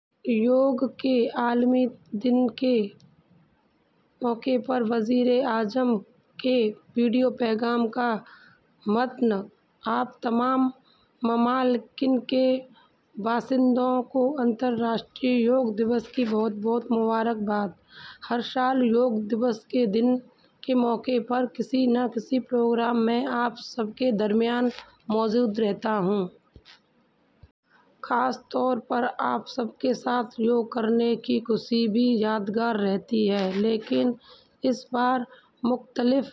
وزیراعظم کا دفتر یوگا کے عالمی دن کے موقع پر وزیر اعظم کے ویڈیو پیغام کا متن آپ تمام ممالک کے باشندوں کو بین الاقوامی یوگا دن کی بہت بہت مبارکباد۔ ہر سال یوگا دن کے موقع پر میں کسی نہ کسی پروگرام میں آپ سب کے درمیان موجود رہتا ہوں۔ خاص طور پر آپ سب کے ساتھ یوگا کرنے کی خوشی بھی یادگار رہتی ہے، لیکن اس بار مختلف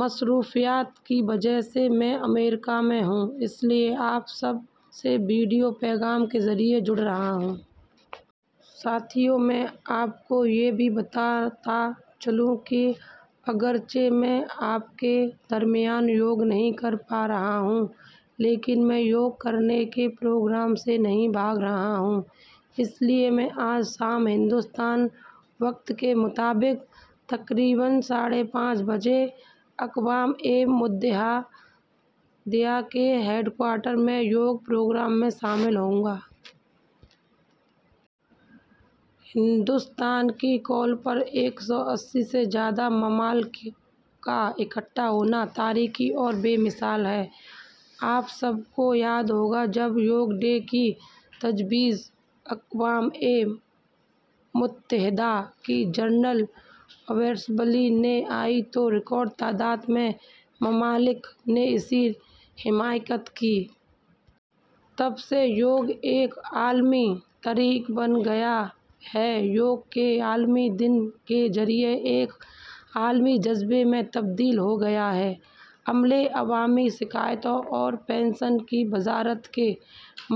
مصروفیات کی وجہ سے میں امریکہ میں ہوں۔ اس لیے آپ سب سے ویڈیو پیغام کے ذریعے جڑ رہا ہوں۔ ساتھیو، میں آپ کو یہ بھی بتاتا چلوں کہ اگرچہ میں آپ کے درمیان یوگا نہیں کر پا رہا ہوں، لیکن میں یوگا کرنے کے پروگرام سے نہیں بھاگ رہا ہوں۔ اس لیے میں آج شام کو ہندوستانی وقت کے مطابق تقریباً ساڑھے پانچ بجے اقوام متحدہ کے ہیڈکوارٹر میں یوگا پروگرام میں شامل ہوں گا۔ ہندوستان کی کال پر ایک سو اسی سے زیادہ ممالک کا اکٹھا ہونا تاریخی اور بے مثال ہے۔ آپ سب کو یاد ہوگا، جب یوگا ڈے کی تجویز اقوام متحدہ کی جنرل اسمبلی میں آئی تو ریکارڈ تعداد میں ممالک نے اس کی حمایت کی۔ تب سے یوگا ایک عالمی تحریک بن گیا ہے، یوگا کے عالمی دن کے ذریعے ایک عالمی جذبے میں تبدیل ہو گیا ہے۔ عملے، عوامی شکایات اور پنشن کی وزارت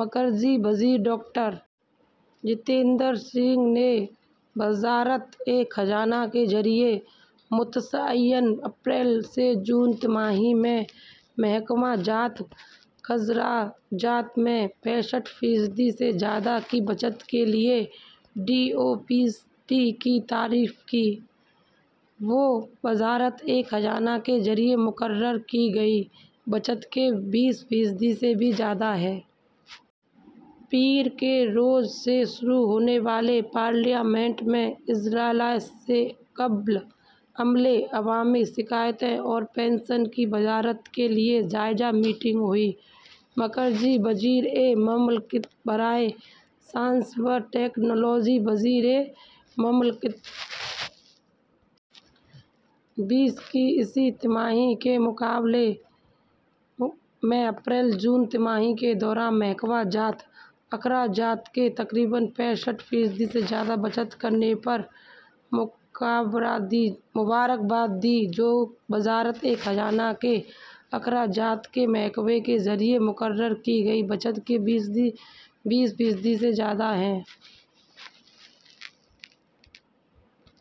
مرکزی وزیر ڈاکٹر جتیندر سنگھ نے وزارت خزانہ کے ذریعے متعین اپریل تا جون سہ ماہی میں محکمہ جاتی اخراجات میں پینسٹھ فیصد سے زیادہ کی بچت کے لیے ڈی او پی ٹی کی تعریف کی، جو وزارت خزانہ کے ذریعے مقررہ بچت سے بیس فیصد سے بھی زیادہ ہے۔ پیر کے روز سے شروع ہونے والے پارلیمنٹ کے اجلاس سے قبل عملے، عوامی شکایات اور پنشن کی وزارت کے لیے جائزہ میٹنگ ہوئی۔ مرکزی وزیر مملکت برائے سائنس و ٹیکنالوجی، وزیر مملکت بیس کی اسی سہ ماہی کے مقابلے میں اپریل تا جون سہ ماہی کے دوران محکمہ جاتی اخراجات میں تقریباً پینسٹھ فیصد سے زیادہ کی بچت کرنے پر مبارکباد دی، جو وزارت خزانہ کے اخراجات کے محکمہ کے ذریعے مقرر کی گئی بچت سے بیس فیصد سے زیادہ ہے۔